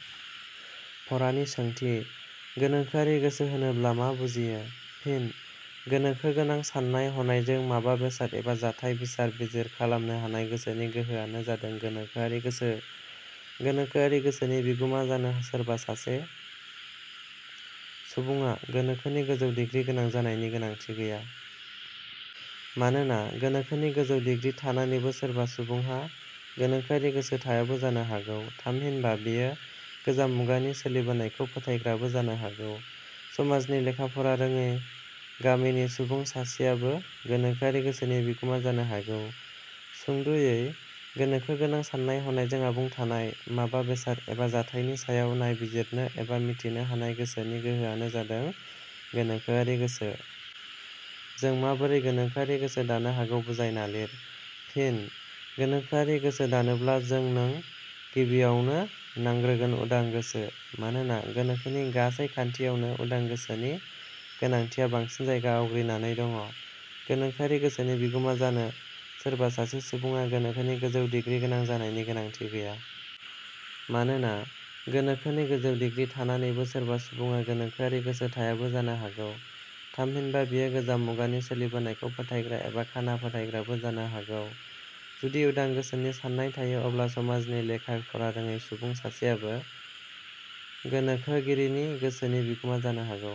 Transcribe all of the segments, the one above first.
फरानि सोंथि:. गोनोखोआरि गोसो होनोब्ला मा बुजियो? फिन: गोनोखोगोनां साननाय हनायजों माबा बेसाद एबा जाथाइ बिसार-बिजिर खालामनो हानाय गोसोनि गोहोआनो जादों गोनोखोआरि गोसो। गोनोखोआरि गोसोनि बिगुमा जानो सोरबा सासे सुबुङा गोनोखोनि गोजौ डिग्रि गोनां जानायनि गोनांथि गैया। मानोना गोनोखोनि गोजौ डिग्रि थानानैबो सोरबा सुबुंहा गोनोखोआरि गोसो थायाबो जानो हागौ, थामहिनबा बेयो गोजाम मुगानि सोलिबोनायखौ फोथाग्राबो जानो हागौ। समाजनि लेखाफरा रोङि, गामिनि सुबुं सासेयाबो गोनोखोआरि गोसोनि बिगुमा जानो हागौ। सुंद'यै गोनोखोगोनां साननाय-हनायजों आबुं थानाय, माबा बेसाद एबा जाथायनि सायाव नायबिजिरनो एबा मिथिनो हानाय गोसोनि गोहोआनो जादों गोनोखोआरि गोसो।. जों माबोरै गोनोखोआरि गोसो दानो हागौ बुजायना लिर। फिन: गोनोखोआरि गोसो दानोब्ला जोंनों गिबियावनो नांग्रोगोन उदां गोसो। मानोना गोनोखोनि गासै खान्थियावनो उदां गोसोनि गोनांथिया बांसिन जायगा आवग्रिनानै दङ'। गोनोखोआरि गोसोनि बिगुमा जानो सोरबा सासे सुबुङा गोनोखोनि गोजौ डिग्रिगोनां जानायनि गोनांथि गैया। मानोना गोनोखोनि गोजौ दिग्रि थानानैबो सोरबा सुबुङा गोनोखोआरि गोसो थायाबो जानो हागौ। थामहिनबा बियो गोजाम मुगानि सोलिबोनायखौ फोथायग्रा एबा खाना फोथायग्राबो जानो हागौ। जुदि उदां गोसोनि साननाय थायो अब्ला समाजनि लेखा फरा रोङै सुबुं सासेयाबो गोनोखोगिरिनि गोसोनि बिगुमा जानो हागौ।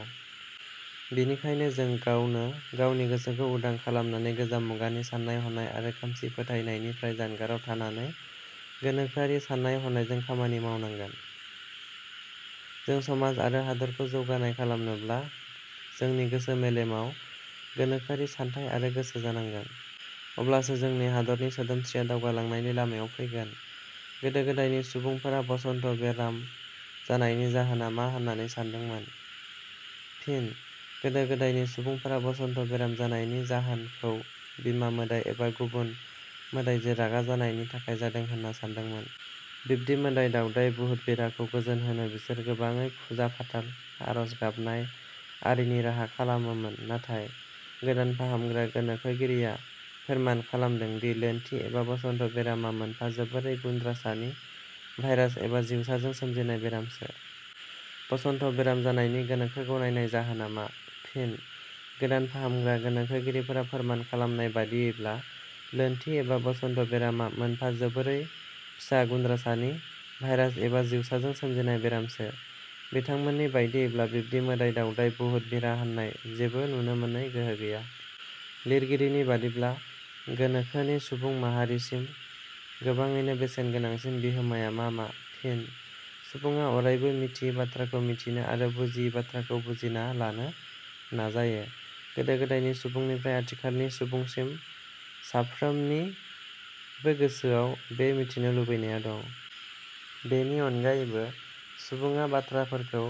बिनिखायनो जों गावनो गावनि गोसोखौ उदां खालामनानै गोजाम मुगानि साननाय हनाय आरो खोमसि फोथायनायनिफ्राय जानगाराव थानानै गोनोखोआरि साननाय हनायजों खामानि मावनांगोन। जों समाज आरो हादरखौ जौगानाय खालामनोब्ला जोंनि गोसो मेलेमाव गोनोखोआरि सानथाइ आरो गोसो जानांगोन। अब्लासो जोंनि हादरनि सोदोमस्रिया दावगालांनायनि लामायाव फैगोन।. गोदो गोदायनि सुबुंफोरा बसन्त बेराम जानायनि जाहोना मा होननानै सान्दोंमोन? फिन: गोदो गोदायनि सुबुंफोरा बसन्त बेराम जानायनि जाहोन खौ बिमा मोदाइ एबा गुबुन मोदाइजो रागा जानायनि थाखाय जादों होनना सानदोंमोन। बिब्दि मोदाइ दावदाइ – बहुत-बिराखौ गोजोन होनो बिसोर गोबाङै फुजा-फाथाल, आरज गाबनाय आरिनि राहा खालामोमोन। नाथाय गोदान फाहामग्रा गोनोखोगिरिया फोरमान खालामदोंदि लोन्थि एबा बसन्त बेरामा मोनफा जोबोरै गुन्द्रासानि भाइरास एबा जिवसाजों सोमजिनाय बेरामसो।. बसन्त बेराम जानायनि गोनोखो गनायनाय जाहोना मा? फिन: गोदान फाहामग्रा गोनोखोगिरिफोरा फोरमान खालामनाय बादियैब्ला लोन्थि एबा बसन्त बेरामा मोनफा जोबोरै फिसा गुन्द्रसानि भाइरास एबा जिवसाजों सोमजिनाय बेरामसो। बिथांमोननि बादियैब्ला बिब्दि मोदाइ दावदाइ, बुहुत-बिरा होननाय जेबो नुनो मोनै गोहो गैया।. लिरगिरिनि बादिब्ला, गोनोखोनि सुबुं माहारिसिम गोबाङैनो बेसेन गोनांसिन बिहोमाया मा मा? फिन: सुबुङा अरायबो मिथियि बाथ्राखौ मिथिनो आरो बुजियि बाथ्राखौ बुजिना लानो नाजायो। गोदो गोदायनि सुबुंनिफ्राइ आथिखालनि सुबुंसिम साफ्रोमनिबोगोसोआव बे मिथिनो लुबैनाया दं। बेनि अनगायैबो सुबुङा बाथ्राफोरखौ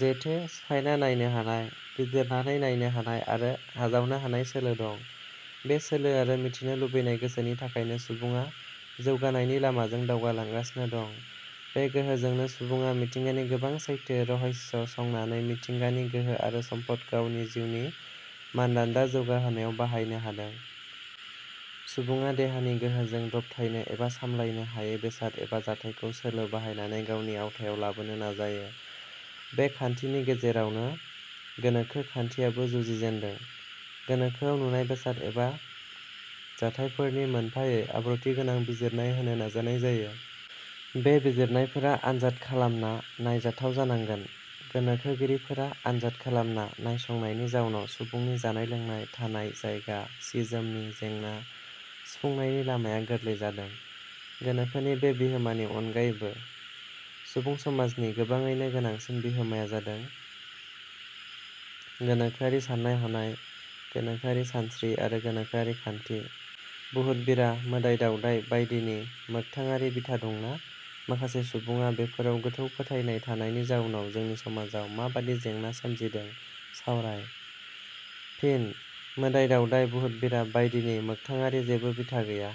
जेथो सिफायना नायनो हानाय, बिजिरनानै नायनो हानाय आरो आजावनो हानाय सोलो दं। बे सोलो आरो मिथिनो लुबैनाय गोसोनि थाखायनो सुबुङा जौगानायनि लामाजों दावगालांगासिनो दं। बे गोहोजोंनो सुबुङा मिथिंगानि गोबां सैथो, रहस्य संनानै मिथिंगानि गोहो आरो सम्पद गावनि जिउनि मानदान्दा जौगा होनायाव बाहायनो हादों। सुबुडा देहानि गोहोजों दबथायनो एबा सामलायनो हायै बेसाद एबा जाथाइखौ सोलो बाहायनानै गावनि आवथायाव लाबोनो नाजायो। बे खान्थिनि गेजेरावनो गोनोखो खान्थियाबो जुजिजेनदों। गोनोखोआव नुनाय बेसाद एवा जाथाइफोरनि मोनफायै आब्रुथि गोनां बिजिरनाय होनो नाजानाय जायो। बे बिजिरनायफोरा आनजाद खालामना नायजाथाव जानांगोन। गोनोखोगिरिफोरा आनजाद खालामना नायसंनायनि जाउनाव सुबुंनि जानाय-लोंनाय, थानाय, जायगा, सि-जोमनि जेंना सुफुंनायनि लामाया गोरलै जादों। गोनोखोनि बे बिहोमानि अनगायैबो सुबुं समाजनि गोबाङैनो गोनांसिन बिहोमाया जादों– गोनोखोआरि साननाय हनाय, गोनोखोआरि सानस्रि, आरो गोनोखोआरि खान्थि।. बुहुत-बिरा, मोदाइ दावदाइ बायदिनि मोखथाङारि बिथा दंना? माखासे सुबुडा बेफोराव गोथौ फोथायनाय थानायनि जाउनाव जोंनि समाजाव माबादि जेंना सोमज़िदों सावराय। फिन: मोदाइ-दावदाय, बुहुत-बिरा बायदिनि मोगथाङारि जेबो बिथा गैया।